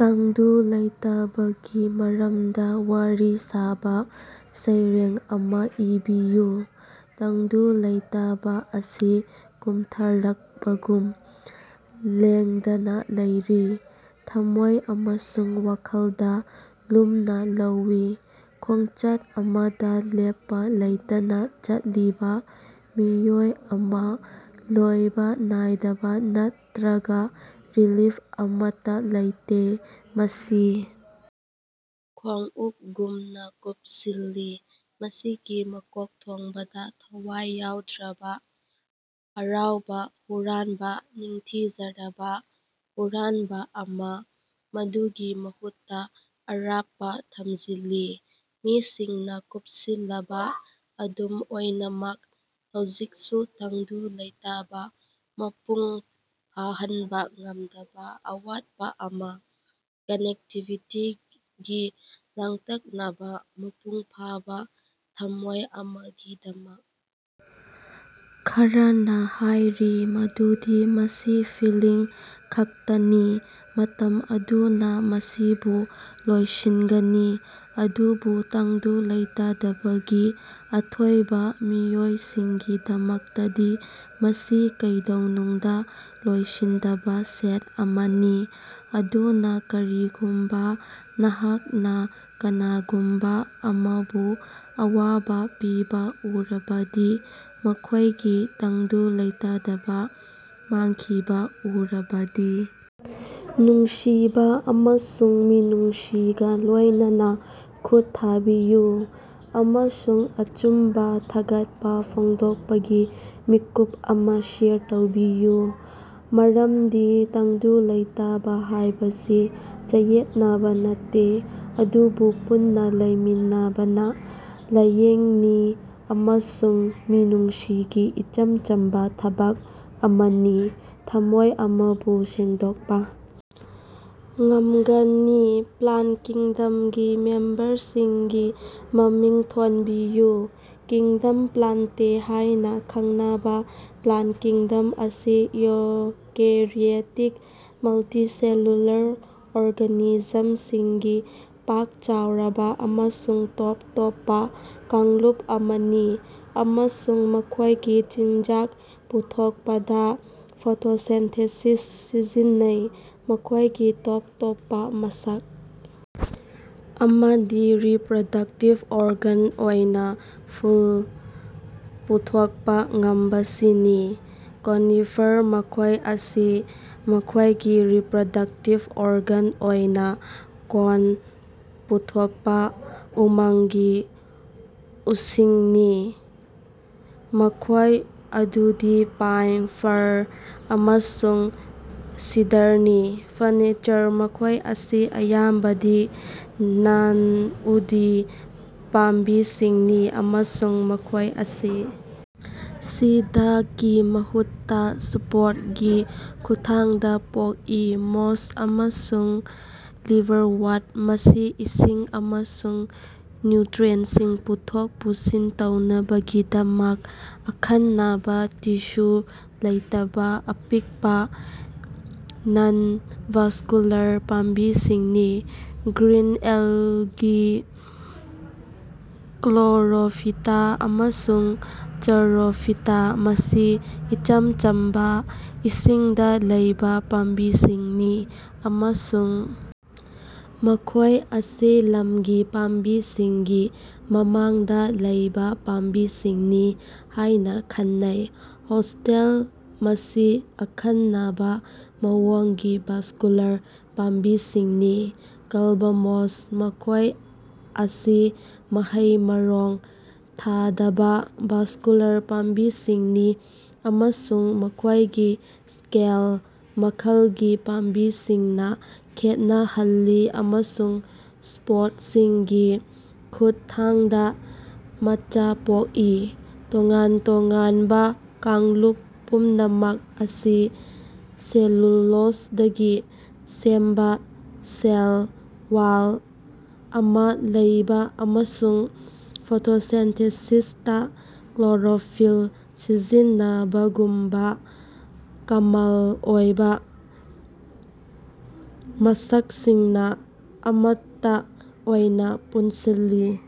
ꯇꯪꯗꯨ ꯂꯩꯇꯥꯕꯒꯤ ꯃꯔꯝꯗ ꯋꯥꯔꯤ ꯁꯥꯕ ꯁꯩꯔꯦꯡ ꯑꯃꯥ ꯏꯕꯤꯌꯨ꯫ ꯇꯪꯗꯨ ꯂꯩꯇꯥꯕ ꯑꯁꯤ ꯀꯨꯝꯊꯔꯛꯄꯒꯨꯝ ꯂꯦꯡꯗꯅꯥ ꯂꯩꯔꯤ, ꯊꯝꯃꯣꯏ ꯑꯃꯁꯨꯡ ꯋꯥꯈꯜꯗ ꯂꯨꯝꯅ ꯂꯧꯏ, ꯈꯣꯡꯆꯠ ꯑꯃꯗ ꯂꯦꯞꯄ ꯂꯩꯇꯅ ꯆꯠꯂꯤꯕ ꯃꯤꯑꯣꯏ ꯑꯃ, ꯂꯣꯏꯕ ꯅꯥꯏꯗꯕ ꯅꯠꯇ꯭ꯔꯒ ꯔꯤꯂꯤꯐ ꯑꯃꯠꯇ ꯂꯩꯇꯦ꯫ ꯃꯁꯤ ꯈꯣꯡꯎꯞꯒꯨꯝꯅ ꯀꯨꯞꯁꯤꯜꯂꯤ, ꯃꯁꯤꯒꯤ ꯃꯀꯣꯛꯊꯣꯡꯕꯗ ꯊꯋꯥꯏ ꯌꯥꯎꯗ꯭ꯔꯕ, ꯍꯔꯥꯎꯕ ꯍꯨꯔꯥꯟꯕ ꯅꯤꯡꯊꯤꯖꯔꯕ ꯍꯨꯔꯥꯟꯕ ꯑꯃ, ꯃꯗꯨꯒꯤ ꯃꯍꯨꯠꯇ ꯑꯔꯥꯞꯄ ꯊꯝꯖꯤꯜꯂꯤ꯫ ꯃꯤꯁꯤꯡꯅ ꯀꯨꯞꯁꯤꯜꯂꯕ, ꯑꯗꯨꯝ ꯑꯣꯏꯅꯃꯛ ꯍꯧꯖꯤꯛꯁꯨ ꯇꯪꯗꯨ ꯂꯩꯇꯥꯕ, ꯃꯄꯨꯡ ꯐꯥꯍꯟꯕ ꯉꯝꯗꯕ ꯑꯋꯥꯠꯄ ꯑꯃꯥ, ꯀꯅꯦꯛꯇꯤꯕꯤꯇꯤꯒꯤ ꯂꯥꯡꯇꯛꯅꯕꯥ, ꯃꯄꯨꯡ ꯐꯥꯕꯥ ꯊꯝꯃꯣꯏ ꯑꯃꯒꯤꯗꯃꯛ꯫ ꯈꯔꯅꯥ ꯍꯥꯏꯔꯤ ꯃꯗꯨꯗꯤ ꯃꯁꯤ ꯐꯤꯜꯂꯤꯡ ꯈꯛꯇꯅꯤ, ꯃꯇꯝ ꯑꯗꯨꯅ ꯃꯁꯤꯕꯨ ꯂꯣꯏꯁꯤꯟꯒꯅꯤ, ꯑꯗꯨꯕꯨ ꯇꯪꯗꯨ ꯂꯩꯇꯥꯗꯕꯒꯤ ꯑꯊꯣꯏꯕ ꯃꯤꯑꯣꯏꯁꯤꯡꯒꯤꯗꯃꯛꯇꯗꯤ ꯃꯁꯤ ꯀꯩꯗꯧꯅꯨꯡꯗ ꯂꯣꯏꯁꯤꯟꯗꯕ ꯁ‌ꯦꯠ ꯑꯃꯅꯤ꯫ ꯑꯗꯨꯅ ꯀꯔꯤꯒꯨꯝꯕ ꯅꯍꯥꯛꯅ ꯀꯅꯥꯒꯨꯝꯕ ꯑꯃꯕꯨ ꯑꯋꯥꯕ ꯄꯤꯕ ꯎꯔꯕꯗꯤ, ꯃꯈꯣꯏꯒꯤ ꯇꯪꯗꯨ ꯂꯩꯇꯥꯗꯕ ꯃꯥꯡꯈꯤꯕ ꯎꯔꯕꯗꯤ, ꯅꯨꯡꯁꯤꯕ ꯑꯃꯁꯨꯡ ꯃꯤꯅꯨꯡꯁꯤꯒ ꯂꯣꯏꯅꯅꯥ ꯈꯨꯠ ꯊꯥꯕꯤꯌꯨ, ꯑꯃꯁꯨꯡ ꯑꯆꯨꯝꯕ ꯊꯥꯒꯠꯄ ꯐꯣꯡꯗꯣꯛꯄꯒꯤ ꯃꯤꯀꯨꯞ ꯑꯃ ꯁꯦꯌꯔ ꯇꯧꯕꯤꯌꯨ꯫ ꯃꯔꯝꯗꯤ ꯇꯪꯗꯨ ꯂꯩꯇꯥꯕ ꯍꯥꯏꯕꯁꯤ ꯆꯌꯦꯠꯅꯕꯥ ꯅꯠꯇꯦ, ꯑꯗꯨꯕꯨ ꯄꯨꯟꯅ ꯂꯩꯃꯤꯟꯅꯕꯅ ꯂꯥꯌꯦꯡꯅꯤ, ꯑꯃꯁꯨꯡ ꯃꯤꯅꯨꯡꯁꯤꯒꯤ ꯏꯆꯝ ꯆꯝꯕ ꯊꯕꯛ ꯑꯃꯅꯤ, ꯊꯝꯃꯣꯏ ꯑꯃꯕꯨ ꯁꯦꯡꯗꯣꯛꯄ ꯉꯝꯒꯅꯤ꯫ ꯄ꯭ꯂꯥꯟ ꯀꯤꯡꯗꯝꯒꯤ ꯃꯦꯝꯕꯔꯁꯤꯡꯒꯤ ꯃꯃꯤꯡ ꯊꯣꯟꯕꯤꯌꯨ꯫ ꯀꯤꯡꯗꯝ ꯄ꯭ꯂꯥꯟꯇꯦ ꯍꯥꯏꯅꯥ ꯈꯪꯅꯕ ꯄ꯭ꯂꯥꯟ ꯀꯤꯡꯗꯝ ꯑꯁꯤ ꯏꯎꯀꯦꯔꯤꯑꯣꯇꯤꯛ, ꯃꯜꯇꯤꯁꯦꯂꯨꯂꯥꯔ ꯑꯣꯔꯒꯥꯅꯤꯖꯝꯁꯤꯡꯒꯤ ꯄꯥꯛ ꯆꯥꯎꯔꯕ ꯑꯃꯁꯨꯡ ꯇꯣꯞ ꯇꯣꯞꯄ ꯀꯥꯡꯂꯨꯞ ꯑꯃꯅꯤ ꯑꯃꯁꯨꯡ ꯃꯈꯣꯏꯒꯤ ꯆꯤꯟꯖꯥꯛ ꯄꯨꯊꯣꯛꯄꯗ ꯐꯣꯇꯣꯁꯤꯟꯊꯦꯁꯤꯁ ꯁꯤꯖꯤꯟꯅꯩ꯫ ꯃꯈꯣꯏꯒꯤ ꯇꯣꯞ ꯇꯣꯞꯄ ꯃꯁꯛ ꯑꯃꯗꯤ ꯔꯤꯄꯔꯗꯛꯇꯤꯚ ꯑꯣꯔꯒꯥꯟ ꯑꯣꯏꯅ ꯐꯨꯜ ꯄꯨꯊꯣꯛꯄ ꯉꯝꯕꯁꯤꯅꯤ꯫ ꯀꯣꯅꯤꯐꯔ: ꯃꯈꯣꯏ ꯑꯁꯤ ꯃꯈꯣꯏꯒꯤ ꯔꯤꯄꯔꯗꯛꯇꯤꯚ ꯑꯣꯔꯒꯥꯟ ꯑꯣꯏꯅ ꯀꯣꯟ ꯄꯨꯊꯣꯛꯄꯥ ꯎꯃꯪꯒꯤ ꯎꯁꯤꯡꯅꯤ, ꯃꯈꯣꯏ ꯑꯗꯨꯗꯤ ꯄꯥꯏꯟ, ꯐꯥꯔ, ꯑꯃꯁꯨꯡ ꯁꯤꯗꯥꯔꯅꯤ꯫ ꯐꯔꯅꯤꯆꯔ: ꯃꯈꯣꯏ ꯑꯁꯤ ꯑꯌꯥꯝꯕꯗꯤ ꯅꯟ-ꯎꯗꯤ ꯄꯥꯝꯕꯤꯁꯤꯡꯅꯤ ꯑꯃꯁꯨꯡ ꯃꯈꯣꯏ ꯑꯁꯤ ꯁꯤꯗꯀꯤ ꯃꯍꯨꯠꯇ, ꯁ꯭ꯄꯣꯔꯒꯤ ꯈꯨꯠꯊꯥꯡꯗ ꯄꯣꯛꯏ꯫ ꯃꯣꯁ ꯑꯃꯁꯨꯡ ꯂꯤꯚꯔꯋꯔꯠ: ꯃꯁꯤ ꯏꯁꯤꯡ ꯑꯃꯁꯨꯡ ꯅ꯭ꯌꯨꯠꯔꯤꯑꯦꯟꯇꯁꯤꯡ ꯄꯨꯊꯣꯛ ꯄꯨꯁꯤꯟ ꯇꯧꯅꯕꯒꯤꯗꯃꯛ ꯑꯈꯟꯅꯕꯥ ꯇꯤꯁ꯭ꯌꯨ ꯂꯩꯇꯕꯥ ꯑꯄꯤꯛꯄꯥ, ꯅꯟ-ꯚꯦꯁꯀꯨꯂꯥꯔ ꯄꯥꯝꯕꯤꯁꯤꯡꯅꯤ꯫ ꯒ꯭ꯔꯤꯟ ꯑꯦꯜꯒꯤ ꯀ꯭ꯂꯣꯔꯣꯐꯤꯇꯥ ꯑꯃꯁꯨꯡ ꯆꯔꯣꯐꯤꯇꯥ ꯃꯁꯤ ꯏꯆꯝ ꯆꯝꯕ, ꯏꯁꯤꯡꯗ ꯂꯩꯕ ꯄꯥꯝꯕꯤꯁꯤꯡꯅꯤ ꯑꯃꯁꯨꯡ ꯃꯈꯣꯏ ꯑꯁꯤ ꯂꯝꯒꯤ ꯄꯥꯝꯕꯤꯁꯤꯡꯒꯤ ꯃꯃꯥꯡꯗ ꯂꯩꯕꯥ ꯄꯥꯝꯕꯤꯁꯤꯡꯅꯤ ꯍꯥꯏꯅ ꯈꯟꯅꯩ꯫ ꯍꯣꯔꯁꯇꯦꯜ: ꯃꯁꯤ ꯑꯈꯟꯅꯕ ꯃꯑꯣꯡꯒꯤ ꯚꯥꯁꯀꯨꯂꯥꯔ ꯄꯥꯝꯕꯤꯁꯤꯡꯅꯤ꯫ ꯀ꯭ꯂꯕꯃꯣꯁ: ꯃꯈꯣꯏ ꯑꯁꯤ ꯃꯍꯩ-ꯃꯔꯣꯡ ꯊꯥꯗꯕ, ꯚꯥꯁꯀꯨꯂꯥꯔ ꯄꯥꯝꯕꯤꯁꯤꯡꯅꯤ ꯑꯃꯁꯨꯡ ꯃꯈꯣꯏꯒꯤ ꯁ꯭ꯀꯦꯜ ꯃꯈꯜꯒꯤ ꯄꯥꯝꯕꯤꯁꯤꯡꯅ ꯈꯦꯠꯅꯍꯜꯂꯤ ꯑꯃꯁꯨꯡ ꯁ꯭ꯄꯣꯔꯁꯤꯡꯒꯤ ꯈꯨꯠꯊꯥꯡꯗ ꯃꯆꯥ ꯄꯣꯛꯏ꯫ ꯇꯣꯉꯥꯟ ꯇꯣꯉꯥꯟꯕ ꯀꯥꯡꯂꯨꯞ ꯄꯨꯝꯅꯃꯛ ꯑꯁꯤ ꯁꯦꯂꯨꯂꯣꯖꯗꯒꯤ ꯁꯦꯝꯕ ꯁꯦꯜ ꯋꯥꯜ ꯑꯃꯥ ꯂꯩꯕ ꯑꯃꯁꯨꯡ ꯐꯣꯇꯣꯁꯤꯟꯊꯦꯁꯤꯁꯇ ꯀ꯭ꯂꯣꯔꯣꯐꯤꯜ ꯁꯤꯖꯤꯟꯅꯕꯒꯨꯝꯕ ꯀꯃꯜ ꯑꯣꯏꯕꯥ ꯃꯁꯛꯁꯤꯡꯅ ꯑꯃꯠꯇ ꯑꯣꯏꯅ ꯄꯨꯟꯁꯤꯜꯂꯤ꯫।